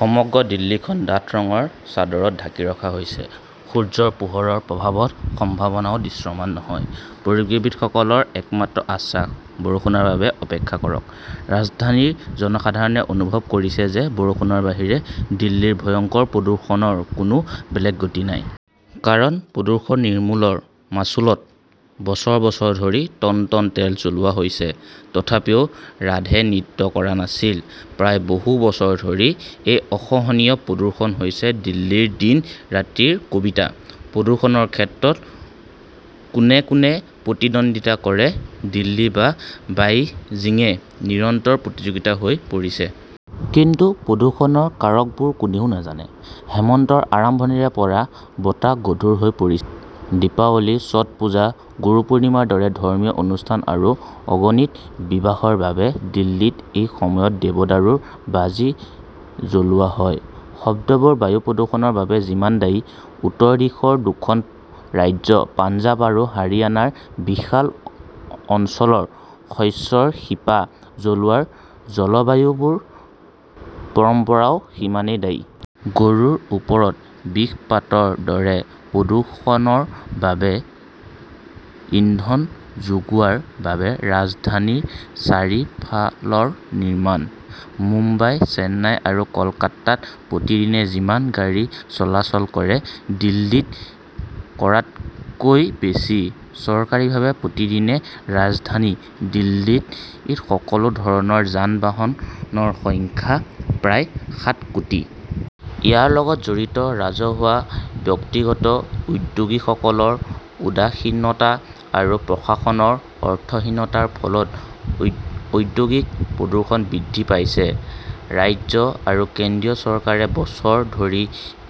সমগ্ৰ দিল্লীখন ডাঠ ৰঙৰ চাদৰত ঢাকি ৰখা হৈছে। সূৰ্যৰ পোহৰৰ প্ৰভাৱৰ সম্ভাৱনাও দৃশ্যমান নহয়। পৰিৱেশবিদসকলৰ একমাত্ৰ আশ্বাস। বৰষুণৰ বাবে অপেক্ষা কৰক। ৰাজধানীৰ জনসাধাৰণে অনুভৱ কৰিছে যে বৰষুণৰ বাহিৰে দিল্লীৰ ভয়ংকৰ প্ৰদূষণৰ কোনো বেলেগ গতি নাই। কাৰণ প্ৰদূষণ নিৰ্মূলৰ মাচুলত বছৰ বছৰ ধৰি টন টন তেল জ্বলোৱা হৈছে। তথাপিও ৰাধে নৃত্য কৰা নাছিল! প্ৰায় বহু বছৰ ধৰি এই অসহনীয় প্ৰদূষণ হৈছে দিল্লীৰ দিন ৰাতিৰ কবিতা। প্ৰদূষণৰ ক্ষেত্ৰত কোনে কোনে প্ৰতিদ্বন্দিতা কৰে দিল্লী বা বেইজিঙে নিৰন্তৰ প্ৰতিযোগিতা হৈ পৰিছে। কিন্তু প্ৰদূষণৰ কাৰকবোৰ কোনেও নাজানে। হেমন্তৰ আৰম্ভণিৰে পৰা বতাহ গধুৰ হৈ পৰিছিল। দীপাৱলী ছট পূজা গুৰুপুৰ্ণিমাৰ দৰে ধৰ্মীয় অনুষ্ঠান আৰু অগণিত বিবাহৰ বাবে দিল্লীত এই সময়ত দেৱদাৰুৰ বাজি জ্বলোৱা হয়। শব্দবোৰ বায়ু প্ৰদূষণৰ বাবে যিমান দায়ী উত্তৰ দিশৰ দুখন ৰাজ্য পঞ্জাৱ আৰু হাৰিয়ানাৰ বিশাল অঞ্চলত শস্যৰ শিপা জ্বলোৱাৰ জলবায়ু পৰম্পৰাও সিমানেই দায়ী। গৰুৰ ওপৰত বিষপাতৰ দৰে প্ৰদূষণৰ বাবে ইন্ধন যোগোৱাৰ বাবে ৰাজধানীৰ চাৰিফালৰ নিৰ্মাণ। মুম্বাই চেন্নাই আৰু কলকাতাত প্ৰতিদিনে যিমান গাড়ী চলাচল কৰে দিল্লীত কৰাতকৈ বেছি। চৰকাৰীভাৱে প্ৰতিদিনে ৰাজধানী দিল্লীত সকলো ধৰণৰ যান বাহনৰ সংখ্যা প্ৰায় সাত কোটি। ইয়াৰ লগত জড়িত ৰাজহুৱা ব্যক্তিগত উদ্যোগীসকলৰ উদাসীনতা আৰু প্ৰশাসনৰ অৰ্থহীনতাৰ ফলত ঔদ্যোগিক প্ৰদূষণ বৃদ্ধি পাইছে। ৰাজ্য আৰু কেন্দ্ৰীয় চৰকাৰে বছৰ ধৰি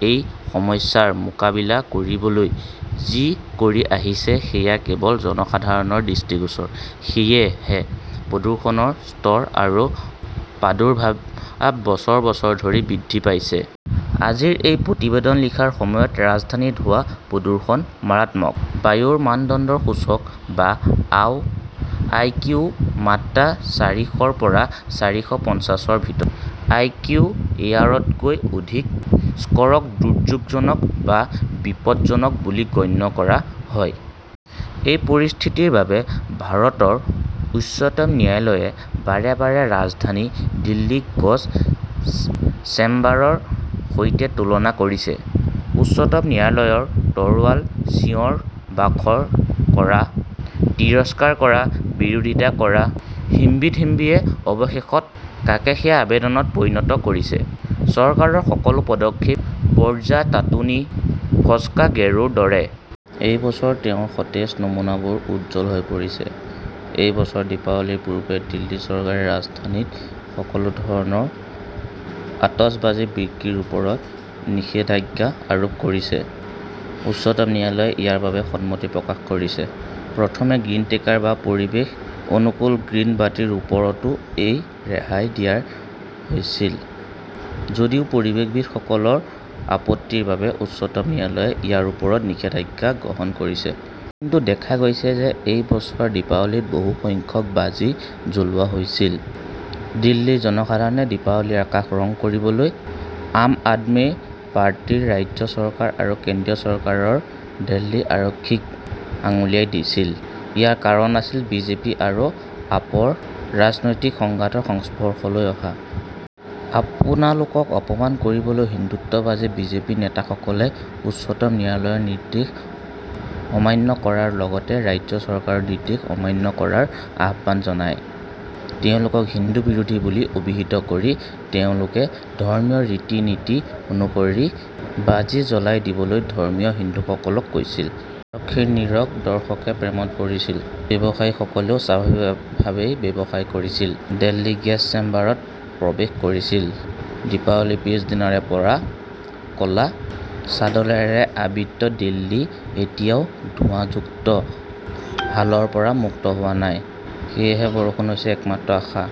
এই সমস্যাৰ মোকাবিলা কৰিবলৈ যি কৰি আহিছে সেয়া কেৱল জনসাধাৰণৰ দৃষ্টিগোচৰ। সেয়েহে প্ৰদূষণৰ স্তৰ আৰু প্ৰাদুৰ্ভাৱ বছৰ বছৰ ধৰি বৃদ্ধি পাইছে। আজি এই প্ৰতিবেদন লিখাৰ সময়ত ৰাজধানীত হোৱা প্ৰদূষণ মাৰাত্মক। বায়ুৰ মানদণ্ডৰ সূচক বা আইকিউ মাত্ৰা চাৰিশৰ পৰা চাৰিশ পঞ্চাশৰ ভিতৰত! আই কিউ এ আৰ তকৈ অধিক স্ক'ৰক দুৰ্যোগজনক বা বিপদজনক বুলি গণ্য কৰা হয়। এই পৰিস্থিতিৰ বাবে ভাৰতৰ উচ্চতম ন্যায়ালয়ে বাৰে বাৰে ৰাজধানী দিল্লীক গছ চেম্বাৰ ৰ সৈতে তুলনা কৰিছে। উচ্চতম ন্যায়ালয়ৰ তৰোৱাল চিঞৰ বাখৰ কৰা তিৰস্কাৰ কৰা বিৰোধিতা কৰা হম্বিতম্বিয়েও অৱশেষত কাকেশিয়া আবেদনত পৰিণত হয়। চৰকাৰৰ সকলো পদক্ষেপ বজ্ৰা টাটুনি ফস্কা গেৰোৰ দৰে! এই বছৰ তেওঁৰ সতেজ নমুনাবোৰ উজ্জ্বল হৈ পৰিছে। এই বছৰ দীপাৱলীৰ পূৰ্বে দিল্লী চৰকাৰে ৰাজধানীত সকলো ধৰণৰ আতচবাজী বিক্ৰীৰ ওপৰত নিষেধাজ্ঞা আৰোপ কৰিছিল। উচ্চতম ন্যায়ালয়ে ইয়াৰ বাবে সন্মতি প্ৰকাশ কৰিছিল। প্ৰথমে গ্ৰীণ ক্ৰেকাৰ বা পৰিৱেশ অনুকূল গ্ৰীণ বাটিৰ ওপৰতো এই ৰেহাই দিয়া হৈছিল যদিও পৰিৱেশবিদসকলৰ আপত্তিৰ বাবে উচ্চতম ন্যায়ালয়ে ইয়াৰ ওপৰতো নিষেধাজ্ঞা গ্ৰহণ কৰিছিল। কিন্তু দেখা গৈছে যে এই বছৰ দীপাৱলীত বহু সংখ্যক বাজি জ্বলোৱা হৈছিল। দিল্লীৰ জনসাধাৰণে দীপাৱলীৰ আকাশ ৰং কৰিবলৈ আম আদমি পাৰ্টিৰ ৰাজ্য চৰকাৰ আৰু কেন্দ্ৰীয় চৰকাৰৰ দিল্লী আৰক্ষীক আঙুলিয়াই দিছিল। ইয়াৰ কাৰণ আছিল বিজেপি আৰু আপৰ ৰাজনৈতিক সংঘাতৰ সংস্পৰ্শলৈ অহা। আপোনালোকক অপমান কৰিবলৈ হিন্দুত্ববাদী বিজেপি নেতাসকলে উচ্চতম ন্যায়ালয়ৰ নিৰ্দেশ অমান্য কৰাৰ লগতে ৰাজ্য চৰকাৰৰ নিৰ্দেশ অমান্য কৰাৰ আহ্বান জনায়। তেওঁলোকক হিন্দু বিৰোধী বুলি অভিহিত কৰি তেওঁলোকে ধৰ্মীয় ৰীতি নীতি অনুসৰি বাজি জ্বলাই দিবলৈ ধৰ্মীয় হিন্দুসকলক কৈছিল। আৰক্ষীৰ নীৰৱ দৰ্শকে প্ৰেমত পৰিছিল। ব্যৱসায়ীসকলেও স্বাভাৱিকভাৱেই ব্যৱসায় কৰিছিল। দিল্লী গেছ চেম্বাৰত প্ৰৱেশ কৰিছিল। দীপাৱলীৰ পিছদিনাৰে পৰা ক'লা চাদৰেৰে আবৃত দিল্লী এতিয়াও ধোঁৱাযুক্ত হালৰ পৰা মুক্ত হোৱা নাই। সেয়েহে বৰষুণ হৈছে একমাত্ৰ আশা।